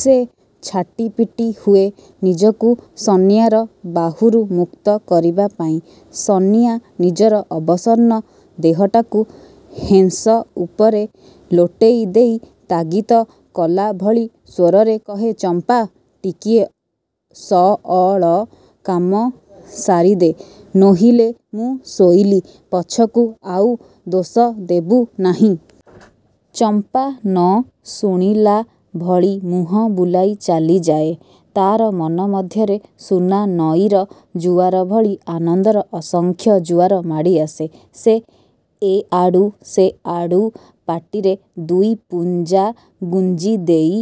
ସେ ଛାଟିପିଟି ହୁଏ ନିଜକୁ ସନିଆର ବାହୁରୁ ମୁକ୍ତ କରିବା ପାଇଁ। ସନିଆ ନିଜର ଅବସନ୍ନ ଦେହଟାକୁ ହେଁସ ଉପରେ ଲୋଟେଇ ଦେଇ ତାଗିତ କଲାଭଲି ସ୍ୱରରେ କହେ ''ଚମ୍ପା! ଟିକିଏ ସଅଳ କାମ ସାରିଦେ। ନୋହିଲେ ମୁଁ ଶୋଇଲି। ପଛକୁ ଆଉ ଦୋଷ ଦେବୁ ନାହିଁ। '' ଚମ୍ପା ନ ଶୁଣିଲା ଭଳି ମୁହଁ ବୁଲାଇ ଚାଲିଯାଏ। ତା'ର ମନ ମଧ୍ୟରେ ସୁନାନଈର ଜୁଆର ଭଳି ଆନନ୍ଦର ଅସଂଖ୍ୟ ଜୁଆର ମାଡ଼ିଆସେ। ସେ ଏଆଡ଼ୁ ସେଆଡ଼ୁ ପାଟିରେ ଦୁଇପୁଞ୍ଜା ଗୁଞ୍ଜିଦେଇ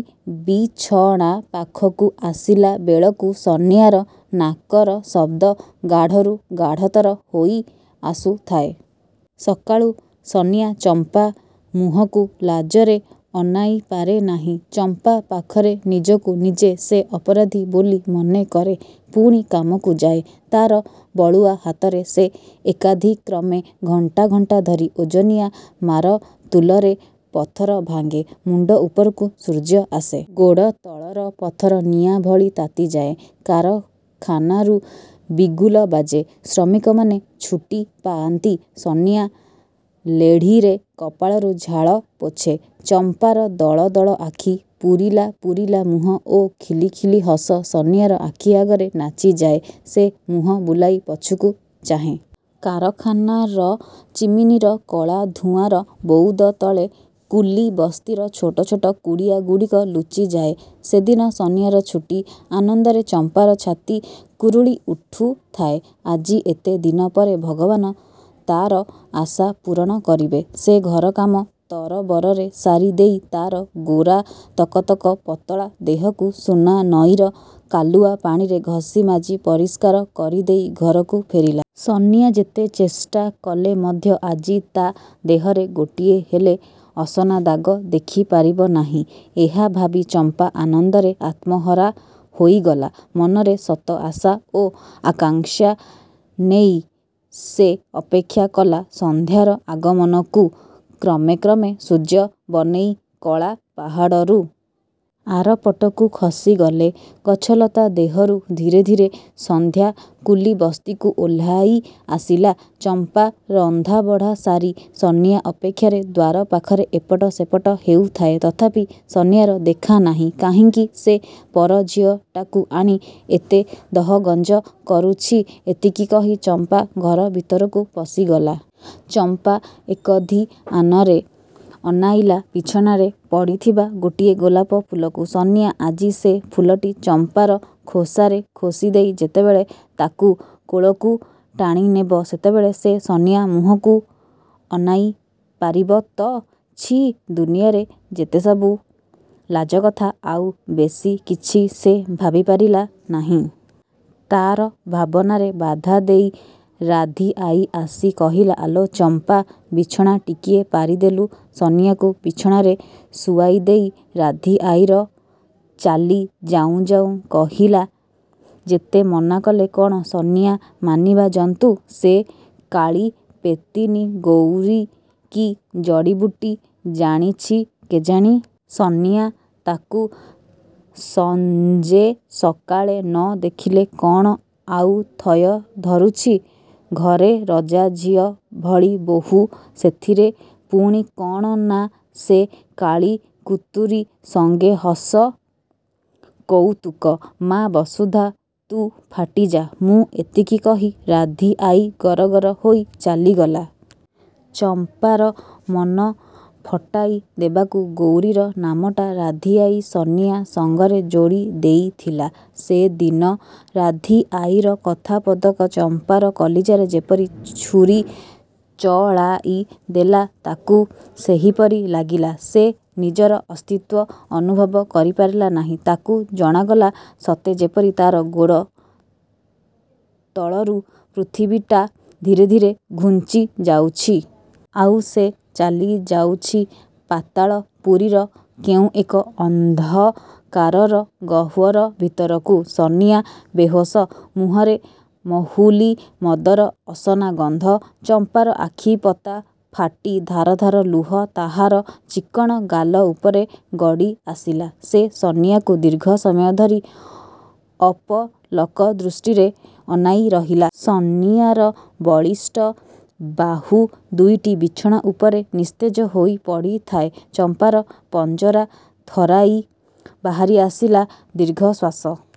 ବିଛଣା ପାଖକୁ ଆସିଲାବେଳକୁ ସନିଆର ନାକର ଶବ୍ଦ ଗାଢ଼ରୁ ଗାଢ଼ତର ହୋଇଆସୁଥାଏ। ସକାଳୁ ସନିଆ ଚମ୍ପା ମୁହଁକୁ ଲାଜରେ ଅନାଇପାରେ ନାହିଁ। ଚମ୍ପା ପାଖରେ ନିଜକୁ ନିଜେ ସେ ଅପରାଧୀ ବୋଲି ମନେକରେ। ପୁଣି କାମକୁ ଯାଏ। ତା'ର ବଳୁଆ ହାତରେ ସେ ଏକାଧିକ୍ରମେ ଘଣ୍ଟା ଘଣ୍ଟା ଧରି ଓଜନିଆ ମାରତୁଲରେ ପଥର ଭାଙ୍ଗେ। ମୁଣ୍ଡ ଉପରକୁ ସୂର୍ଯ୍ୟ ଆସେ। ଗୋଡ଼ତଳର ପଥର ନିଆଁଭଳି ତାତିଯାଏ। କାରଖାନାରୁ ବିଗୁଲ ବାଜେ। ଶ୍ରମିକମାନେ ଛୁଟି ପାଆନ୍ତି। ସନିଆ ଲେଢ଼ିରେ କପାଳରୁ ଝାଳ ପୋଛେ। ଚମ୍ପାର ଦଳ ଦଳ ଆଖି। ପୂରିଲା ପୂରିଲା ମୁହଁ ଓ ଖିଲି ଖିଲି ହସ ସନିଆର ଆଖି ଆଗରେ ନାଚିଯାଏ। ସେ ମୁହଁ ବୁଲାଇ ପଛକୁ ଚାହେଁ। କାରଖାନାର ଚିମିନିର କଳାଧୂଆଁର ବଉଦ ତଳେ କୁଲିବସ୍ତିର ଛୋଟ ଛୋଟ କୁଡ଼ିଆଗୁଡ଼ିକ ଲୁଚିଯାଏ। ସେଦିନ ସନିଆର ଛୁଟି। ଆନନ୍ଦରେ ଚମ୍ପାର ଛାତି କୁରୁଳି ଉଠୁଥାଏ। ଆଜି ଏତେ ଦିନପରେ ଭଗବାନ ତା'ର ଆଶା ପୂରଣ କରିବେ। ସେ ଘର କାମ ତରବରରେ ସାରି ଦେଇ ତା'ର ଗୋରା ତକ ତକ ପତଳା ଦେହକୁ ସୁନାନଈର କାଲୁଆ ପାଣିରେ ଘଷି ମାଜି ପରିଷ୍କାର କରିଦେଇ ଘରକୁ ଫେରିଲା। ସନିଆ ଯେତେ ଚେଷ୍ଟା କଲେ ମଧ୍ୟ ଆଜି ତା' ଦେହରେ ଗୋଟିଏହେଲେ ଅସନାଦାଗ ଦେଖିପାରିବ ନାହିଁ। ଏହା ଭାବି ଚମ୍ପା ଆନନ୍ଦରେ ଆତ୍ମହରା ହୋଇଗଲା। ମନରେ ଶତ ଆଶା ଓ ଆକାଙ୍କ୍ଷା ନେଇ ସେ ଅପେକ୍ଷା କଲା ସନ୍ଧ୍ୟାର ଆଗମନକୁ-। କ୍ରମେ କ୍ରମେ ସୂର୍ଯ୍ୟ ବନେଇକଳା ପାହାଡ଼ରୁ। ଆରପଟକୁ ଖସିଗଲେ। ଗଛଲତା ଦେହରୁ ଧୀରେ ଧୀରେ ସନ୍ଧ୍ୟା କୁଲିବସ୍ତିକୁ ଓହ୍ଲାଇ ଆସିଲା। ଚମ୍ପା ରନ୍ଧାବଢ଼ା ସାରି ସନିଆ ଅପେକ୍ଷାରେ ଦ୍ୱାର ପାଖରେ ଏପଟ ସେପଟ ହେଉଥାଏ। ତଥାପି ସନିଆର ଦେଖା ନାହିଁ। ''କାହିଁକି ସେ ପରଝିଅଟାକୁ ଆଣି ଏତେ ଦହଗଞ୍ଜ କରୁଛି'' ଏତିକି କହି ଚମ୍ପା ଘର ଭିତରକୁ ପଶିଗଲା। ଚମ୍ପା ଏକଧିଆନରେ ଅନାଇଲା ବିଛଣାରେ ପଡ଼ିଥିବା ଗୋଟିଏ ଗୋଲାପ ଫୁଲକୁ। ସନିଆ ଆଜି ସେ ଫୁଲଟି ଚମ୍ପାର ଖୋସାରେ ଖୋସିଦେଇ ଯେତେବେଳେ ତାକୁ କୋଳକୁ ଟାଣିନେବ ସେତେବେଳେ ସେ ସନିଆ ମୁହଁକୁ ଅନାଇ ପାରିବ ତ? ଛିଃ ଦୁନିଆରେ ଯେତେସବୁ ଲାଜକଥା। ଆଉ ବେଶିକିଛି ସେ ଭାବିପାରିଲା ନାହିଁ। ତା'ର ଭାବନାରେ ବାଧାଦେଇ ରାଧୀଆଈ ଆସି କହିଲା, ''ଆଲୋ ଚମ୍ପା! ବିଛଣା ଟିକିଏ ପାରିଦେଲୁ। '' ସନିଆକୁ ବିଛଣାରେ ଶୁଆଇଦେଇ ରାଧୀଆଈର ଚାଲି ଯାଉଁ ଯାଉଁ କହିଲା, ''ଯେତେ ମନାକଲେ କ'ଣ ସନିଆ ମାନିବା ଜନ୍ତୁ। ସେ କାଳୀପେତିନୀ ଗୌରୀ କି ଜଡ଼ିବୁଟି ଜାଣିଛି କେଜାଣି-। ସନିଆ ତାକୁ ସଞ୍ଜେସକାଳେ ନ ଦେଖିଲେ କ'ଣ ଆଉ ଥୟ ଧରୁଛି। ଘରେ ରଜାଝିଅ ଭଳି ବୋହୂ। ସେଥିରେ ପୁଣି କ'ଣ ନା ସେ କାଳୀକୁତୁରୀ ସଙ୍ଗେ ହସ କଉତୁକ। ମା ବସୁଧା! ତୁ ଫାଟିଯା। ମୁଁ ଏତିକି କହି ରାଧୀଆଈ ଗରଗର ହୋଇ ଚାଲିଗଲା। '' ଚମ୍ପାର ମନ ଫଟାଇ ଦେବାକୁ ଗୌରୀର ନାମଟା ରାଧୀଆଈ ସନିଆ ସଙ୍ଗରେ ଯୋଡ଼ି ଦେଇଥିଲା ସେଦିନ। ରାଧୀଆଈର କଥାପଦକ ଚମ୍ପାର କଲିଜାରେ ଯେପରି ଛୁରିଚଳାଇ ଦେଲା ତାକୁ ସେହିପରି ଲାଗିଲା। ସେ ନିଜର ଅସ୍ତିତ୍ୱ ଅନୁଭବ କରିପାରିଲା ନାହିଁ। ତାକୁ ଜଣାଗଲା ସତେ ଯେପରି ତା'ର ଗୋଡ଼ ତଳରୁ ପୃଥିବୀଟା ଧୀରେ ଧୀରେ ଘୁଞ୍ଚି ଯାଉଛି। ଆଉ ସେ ଚାଲିଯାଉଛି ପାତାଳ ପୁରୀର କେଉଁ ଏକ ଅନ୍ଧକାରର ଗହ୍ୱର ଭିତରକୁ। ସନିଆ ବେହୋସ। ମୁହଁରେ ମହୁଲୀ ମଦର ଅସନା ଗନ୍ଧ। ଚମ୍ପାର ଆଖିପତା ଫାଟି ଧାର ଧାର ଲୁହ ତାହାର ଚିକ୍କଣ ଗାଲ ଉପରେ ଗଡ଼ିଆସିଲା। ସେ ସନିଆକୁ ଦୀର୍ଘ ସମୟ ଧରି ଅପଲକ ଦୃଷ୍ଟିରେ ଅନାଇ ରହିଲା। ସନିଆର ବଳିଷ୍ଠ ବାହୁ ଦୁଇଟି ବିଛଣା ଉପରେ ନିସ୍ତେଜ ହୋଇ ପଡ଼ିଥାଏ। ଚମ୍ପାର ପଞ୍ଜରା ଥରାଇ ବାହାରିଆସିଲା ଦୀର୍ଘଶ୍ୱାସ।